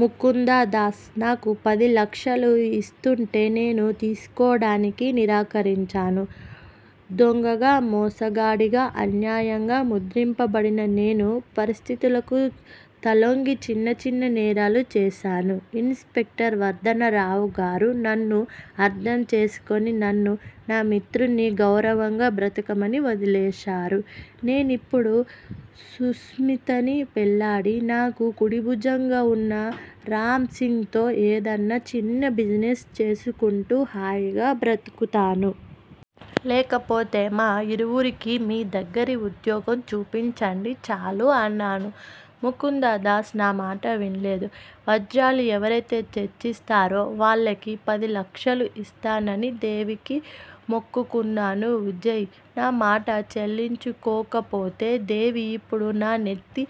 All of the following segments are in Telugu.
ముకుందదాస్ నాకు పదిలక్షలు ఇస్తూంటే నేను తీసుకోడానికి నిరాకరించాను. దొంగగా, మోసగాడిగా అన్యాయంగ ముద్రింపబడిన నేను పరిస్థితులకు తలొగ్గి చిన్న చిన్న నేరాలు చేశాను. ఇన్ స్పెక్టర్ వర్ధనరావుగారు నన్ను అర్థంచేసుకుని నన్ను, నా మిత్రుణ్ణి గౌరవంగా బ్రతకమని వదిలేశారు. నేనిప్పుడు సుస్మితని పెళ్ళాడి నాకు కుడిభుజంగ వున్న రాంసింగ్ తో ఏదన్నా చిన్న బిజినెస్ చేసుకుంటూ హాయిగా బ్రతుకుతాను. లేకపోతే మా ఇరువురికి మీదగ్గరి ఉద్యోగం చూపించండి చాలు అన్నాను. ముకుందదాస్ నామాట విన్లేదు. వజ్రాలు ఎవరైతే తెచ్చిస్తారో వాళ్ళకి పదిలక్షలు ఇస్తానని దేవికి మొక్కుకున్నాను విజయ్! నామాట చెల్లించుకోకపోతే దేవి ఇప్పుడు నానెత్తి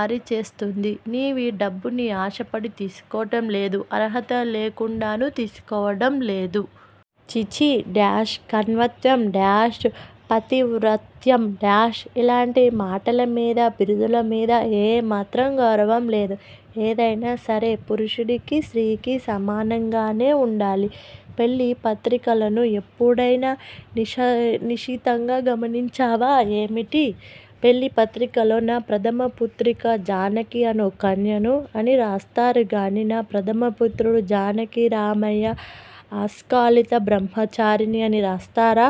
అరిచేస్తుంది. నీవీ డబ్బుని ఆశపడి తీసుకోవడం లేదు. అర్హత లేకుండానూ తీసుకోవడం లేదు. ఛీఛీ- కన్యత్వం- పాతివ్రత్యం- ఇలాంటి మాటలమీద, బిరుదుల మీద ఏ మాత్రం గౌరవం లేదు. ఏదైనా సరే పురుషుడికీ, స్త్రీకి సమానంగానే వుండాలి. పెళ్ళి పత్రికలను ఎప్పుడైనా నిశితంగా గమనించావా? ఏమిటి? పెళ్ళి పత్రికల్లో నా ప్రథమ పుత్రిక జానకి అను కన్యను అని రాస్తారుగానీ నా ప్రధమ పుత్రుడు జానకిరామయ్య అస్కలిత బ్రహ్మచారిని అని రాస్తారా?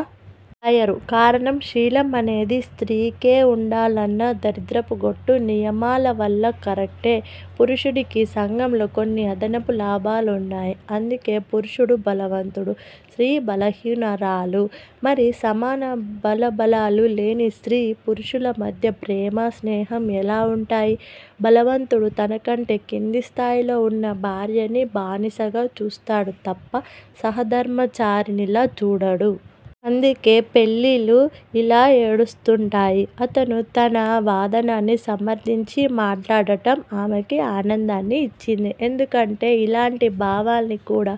రాయరు కారణం శీలం అనేది స్త్రీకే వుండాలన్న దరిద్రపు గొట్టు నియమాలవల్ల కరెక్టే. పురుషుడికి సంఘంలో కొన్ని అదనపు లాభాలున్నాయి. అందుకే పురుషుడు బలవంతుడు. స్త్రీ బలహీనురాలు. మరి సమాన బలబలాలు లేని స్త్రీ పురుషుల మధ్య ప్రేమా, స్నేహం ఎలా వుంటాయి? బలవంతుడు తనకంటే కిందిస్థాయిలో వున్న భార్యని బానిసగా చూస్తాడు తప్ప సహాధర్మచారిణిలా చూడడు. అందుకే పెళ్ళిళ్ళు ఇలా ఏడుస్తుంటాయి. అతను తన వాదనని సమర్ధించి మాట్లాడడం ఆమెకి ఆనందాన్ని ఇచ్చింది. ఎందుకంటే ఇలాంటి భావాల్ని కూడా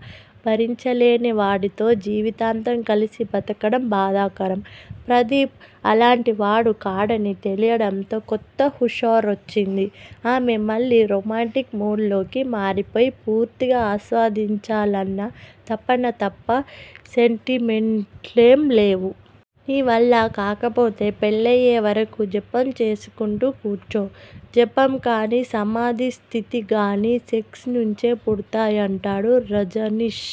భరించలేనివాడితో జీవితాంతం కలిసి బతకడం బాధాకరం. ప్రదీప్ అలాంటివాడు కాడని తెలియడంతో కొత్త హుషారొచ్చింది. ఆమె మళ్ళీ రొమాంటిక్ మూడ్ లోకి మారిపోయి పూర్తిగా ఆస్వాదించాలన్న తపన తప్ప సెంటిమెంట్లేం లేవు. నీవల్ల కాకపోతే పెళ్ళయ్యే వరకు జపం చేసుకుంటూ కూర్చో. జపం కానీ సమాధి స్థితిగానీ సెక్స్ నుంచే పుడుతుందంటాడు రజనీష్.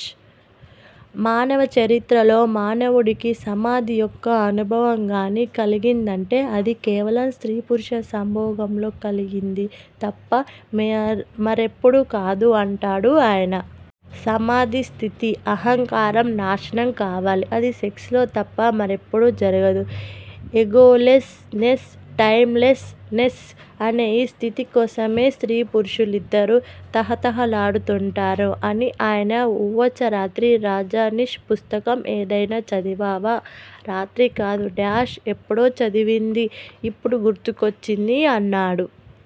మానవ చరిత్రలో మానవుడికి సమాధి యొక్క అనుభవం గానీ కలిగిందంటే అది కేవలం స్త్రీ పురుష సంభోగంలో కలిగింది తప్ప మరెప్పుడూ కాదు అంటాడు ఆయన. సమాధి స్థితి అహంకారం నాశనం కావాలి. అది సెక్స్ లో తప్ప మరెప్పుడూ జరగదు. Egolessness, timelessness అనే ఈ స్థితి కోసమే స్త్రీ పురుషులిద్దరూ తహతహలాడుతుంటారు అని ఆయన ఉవాచ రాత్రి రజనీష్ పుస్తకం ఏదైనా చదివావా? రాత్రి కాదు- ఎప్పుడో చదివింది ఇప్పుడు గుర్తుకొచ్చింది అన్నాడు.